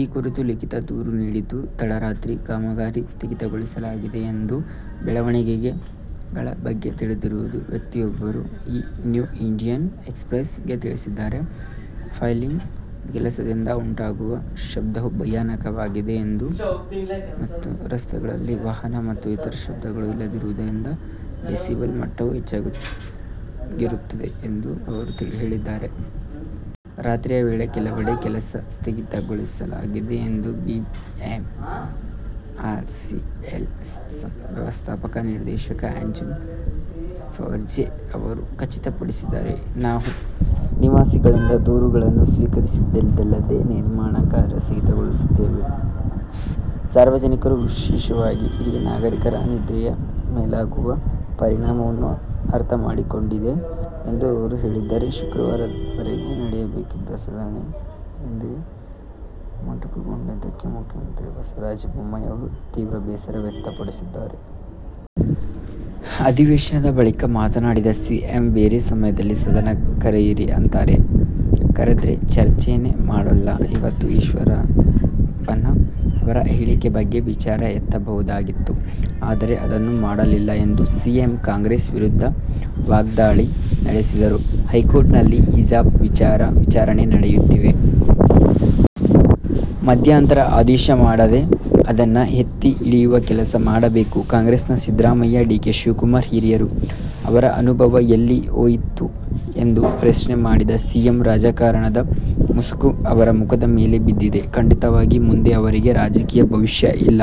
ಈ ಕುರಿತು ಲಿಖಿತ ದೂರು ನೀಡಿದ್ದು, ತಡರಾತ್ರಿ ಕಾಮಗಾರಿ ಸ್ಥಗಿತಗೊಳಿಸಲಾಗಿದೆ ಎಂದು ಬೆಳವಣಿಗೆಗಳ ಬಗ್ಗೆ ತಿಳಿದಿರುವ ವ್ಯಕ್ತಿಯೊಬ್ಬರು ಈ ನ್ಯೂ ಇಂಡಿಯನ್ ಎಕ್ಸ್ ಪ್ರೆಸ್ ಗೆ ತಿಳಿಸಿದ್ದಾರೆ. ಪೈಲಿಂಗ್ ಕೆಲಸದಿಂದ ಉಂಟಾಗುವ ಶಬ್ದವು ಭಯಾನಕವಾಗಿದೆ ಮತ್ತು ರಸ್ತೆಗಳಲ್ಲಿ ವಾಹನ ಮತ್ತು ಇತರ ಶಬ್ದಗಳು ಇಲ್ಲದಿರುವುದರಿಂದ ಡೆಸಿಬಲ್ ಮಟ್ಟವು ಹೆಚ್ಚಾಗಿರುತ್ತದೆ, "ಎಂದು ಅವರು ಹೇಳಿದ್ದಾರೆ. ರಾತ್ರಿಯ ವೇಳೆ ಕೆಲವೆಡೆ ಕೆಲಸ ಸ್ಥಗಿತಗೊಳಿಸಲಾಗಿದೆ ಎಂದು ಬಿಎಂಆರ್ಸಿಎಲ್ನ ವ್ಯವಸ್ಥಾಪಕ ನಿರ್ದೇಶಕ ಅಂಜುಮ್ ಪರ್ವೇಜ್ ಅವರು ಖಚಿತಪಡಿಸಿದ್ದಾರೆ. "ನಾವು ನಿವಾಸಿಗಳಿಂದ ದೂರುಗಳನ್ನು ಸ್ವೀಕರಿಸಿದಲ್ಲೆಲ್ಲಾ ನಿರ್ಮಾಣ ಕಾರ್ಯ ಸ್ಥಗಿತಗೊಳಿಸಿದ್ದೇವೆ. ಸಾರ್ವಜನಿಕರು, ವಿಶೇಷವಾಗಿ ಹಿರಿಯ ನಾಗರಿಕರ ನಿದ್ರೆಯ ಮೇಲಾಗುವ ಪರಿಣಾಮವನ್ನು ಅರ್ಥಮಾಡಿಕೊಂಡಿದೆ" ಎಂದು ಅವರು ಹೇಳಿದ್ದಾರೆ. ಶುಕ್ರವಾರದ ವರೆಗೆ ನಡೆಯಬೇಕಿದ್ದ ಸದನ ಇಂದೇ ಮೊಟಕುಗೊಂಡಿದ್ದಕ್ಕೆ ಮುಖ್ಯಮಂತ್ರಿ ಬಸವರಾಜ ಬೊಮ್ಮಾಯಿ ಅವರು ತೀವ್ರ ಬೇಸರ ವ್ಯಕ್ತಪಡಿಸಿದ್ದಾರೆ. ಅಧಿವೇಶನದ ಬಳಿಕ ಮಾತನಾಡಿದ ಸಿಎಂ, ಬೇರೆ ಸಮಯದಲ್ಲಿ ಸದನ ಕರೆಯಿರಿ ಅಂತಾರೆ, ಕರೆದ್ರೆ ಚರ್ಚೆನೇ ಮಾಡೊಲ್ಲ. ಇವತ್ತು ಈಶ್ವರಪ್ಪನವರ ಹೇಳಿಕೆ ಬಗ್ಗೆ ವಿಚಾರ ಎತ್ತಬಹುದಾಗಿತ್ತು. ಆದರೆ ಅದನ್ನು ಮಾಡಲಿಲ್ಲ ಎಂದು ಸಿಎಂ ಕಾಂಗ್ರೆಸ್ ವಿರುದ್ಧ ವಾಗ್ದಾಳಿ ನಡೆಸಿದರು. ಹೈಕೋರ್ಟ್ ನಲ್ಲಿ ಹಿಜಾಬ್ ವಿಚಾರ ವಿಚಾರಣೆ ನಡೆಯುತ್ತಿದೆ. ಮಧ್ಯಂತರ ಆದೇಶ ಮಾಡಿದೆ ಅದನ್ನ ಎತ್ತಿ ಹಿಡಿಯುವ ಕೆಲಸ ಮಾಡಬೇಕು. ಕಾಂಗ್ರೆಸ್ನ ಸಿದ್ದರಾಮಯ್ಯ, ಡಿಕೆ ಶಿವಕುಮಾರ್ ಹಿರಿಯರು. ಅವರ ಅನುಭವ ಎಲ್ಲಿ ಹೊಯಿತು ಎಂದು ಪ್ರಶ್ನೆ ಮಾಡಿದ ಸಿಎಂ, ರಾಜಕಾರಣದ ಮುಸುಕು ಅವರ ಮುಖದ ಮೇಲೆ ಬಿದ್ದಿದೆ. ಖಂಡಿತವಾಗಿ ಮುಂದೆ ಅವರಿಗೆ ರಾಜಕೀಯ ಭವಿಷ್ಯ ಇಲ್ಲ.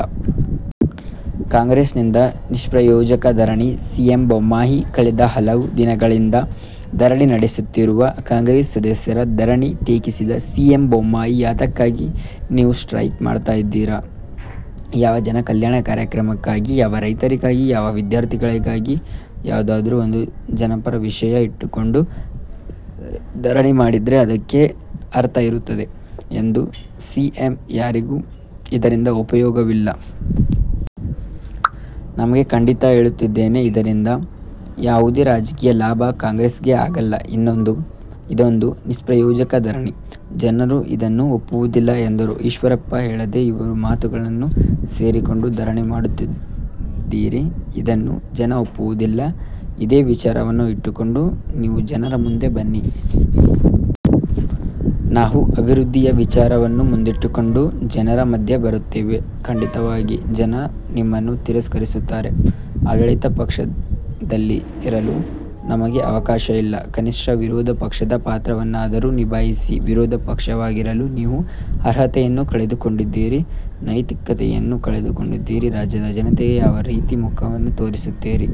ಕಾಂಗ್ರೆಸ್ನಿಂದ ನಿಷ್ಪ್ರಯೋಜಕ ಧರಣಿ – ಸಿಎಂ ಬೊಮ್ಮಾಯಿ ಕಳೆದ ಹಲವು ದಿನಗಳಿಂದ ಧರಣಿ ನಡೆಸುತ್ತಿರುವ ಕಾಂಗ್ರೆಸ್ ಸದಸ್ಯರ ಧರಣಿ ಟೀಕಿಸಿದ ಸಿಎಂ ಬೊಮ್ಮಾಯಿ, ಯಾತಕ್ಕಾಗಿ ನೀವು ಸ್ಟ್ರೈಕ್ ಮಾಡ್ತಾ ಇದ್ದೀರಿ? ಯಾವ ಜನ ಕಲ್ಯಾಣ ಕಾರ್ಯಕ್ರಮಕ್ಕಾಗಿ.. ಯಾವ ರೈತರಿಗಾಗಿ, ಯಾವ ವಿದ್ಯಾರ್ಥಿಗಳಿಗಾಗಿ.. ಯಾವುದಾದ್ರೂ ಒಂದು ಜನಪರ ವಿಷಯ ಇಟ್ಟುಕೊಂಡು ಧರಣಿ ಮಾಡಿದ್ರೆ ಅದಕ್ಕೆ ಅರ್ಥ ಇರುತ್ತೆ ಎಂದ ಸಿಎಂ, ಯಾರಿಗೂ ಇದರಿಂದ ಉಪಯೋಗವಿಲ್ಲ. ನಿಮಗೆ ಖಂಡಿತಾ ಹೇಳುತ್ತಿದ್ದೇನೆ ಇದರಿಂದ ಯಾವುದೇ ರಾಜಕೀಯ ಲಾಭ ಕಾಂಗ್ರೆಸ್ ಗೆ ಆಗಲ್ಲ. ಇದೊಂದು ನಿಷ್ಪ್ರಯೋಜಕ ಧರಣಿ. ಜನರು ಇದನ್ನು ಒಪ್ಪುವುದಿಲ್ಲ ಎಂದರು. ಈಶ್ವರಪ್ಪ ಹೇಳದೇ ಇರುವ ಮಾತುಗಳನ್ನು ಸೇರಿಸಿಕೊಂಡು ಧರಣಿ ಮಾಡುತ್ತಿದ್ದೀರಿ? ಇದನ್ನು ಜನ ಒಪ್ಪುವುದಿಲ್ಲ. ಇದೇ ವಿಚಾರವನ್ನು ಇಟ್ಟುಕೊಂಡು ನೀವು ಜನರ ಮುಂದೆ ಬನ್ನಿ.. ನಾವು ಅಭಿವೃದ್ಧಿಯ ವಿಚಾರವನ್ನು ಮುಂದಿಟ್ಟುಕೊಂಡು ಜನರ ಮುಂದೆ ಬರುತ್ತೇವೆ. ಖಂಡಿತವಾಗಿ ಜನ ನಿಮ್ಮನ್ನು ತಿರಸ್ಕರಿಸುತ್ತಾರೆ. ಆಡಳಿತ ಪಕ್ಷದಲ್ಲಿರಲು ನಿಮಗೆ ಅವಕಾಶ ಇಲ್ಲ. ಕನಿಷ್ಠ ವಿರೋಧ ಪಕ್ಷದ ಪಾತ್ರವನ್ನಾದ್ರೂ ನಿಭಾಯಿಸಿ. ವಿರೋಧ ಪಕ್ಷವಾಗಿರಲು ನೀವು ಅರ್ಹತೆಯನ್ನು ಕಳೆದುಕೊಂಡಿದ್ದೀರಿ. ನೈತಿಕತೆಯನ್ನು ಕಳೆದುಕೊಂಡಿದ್ದೀರಿ. ರಾಜ್ಯದ ಜನತೆಗೆ ಯಾವ ರೀತಿ ಮುಖವನ್ನು ತೋರಿಸುತ್ತೀರಿ.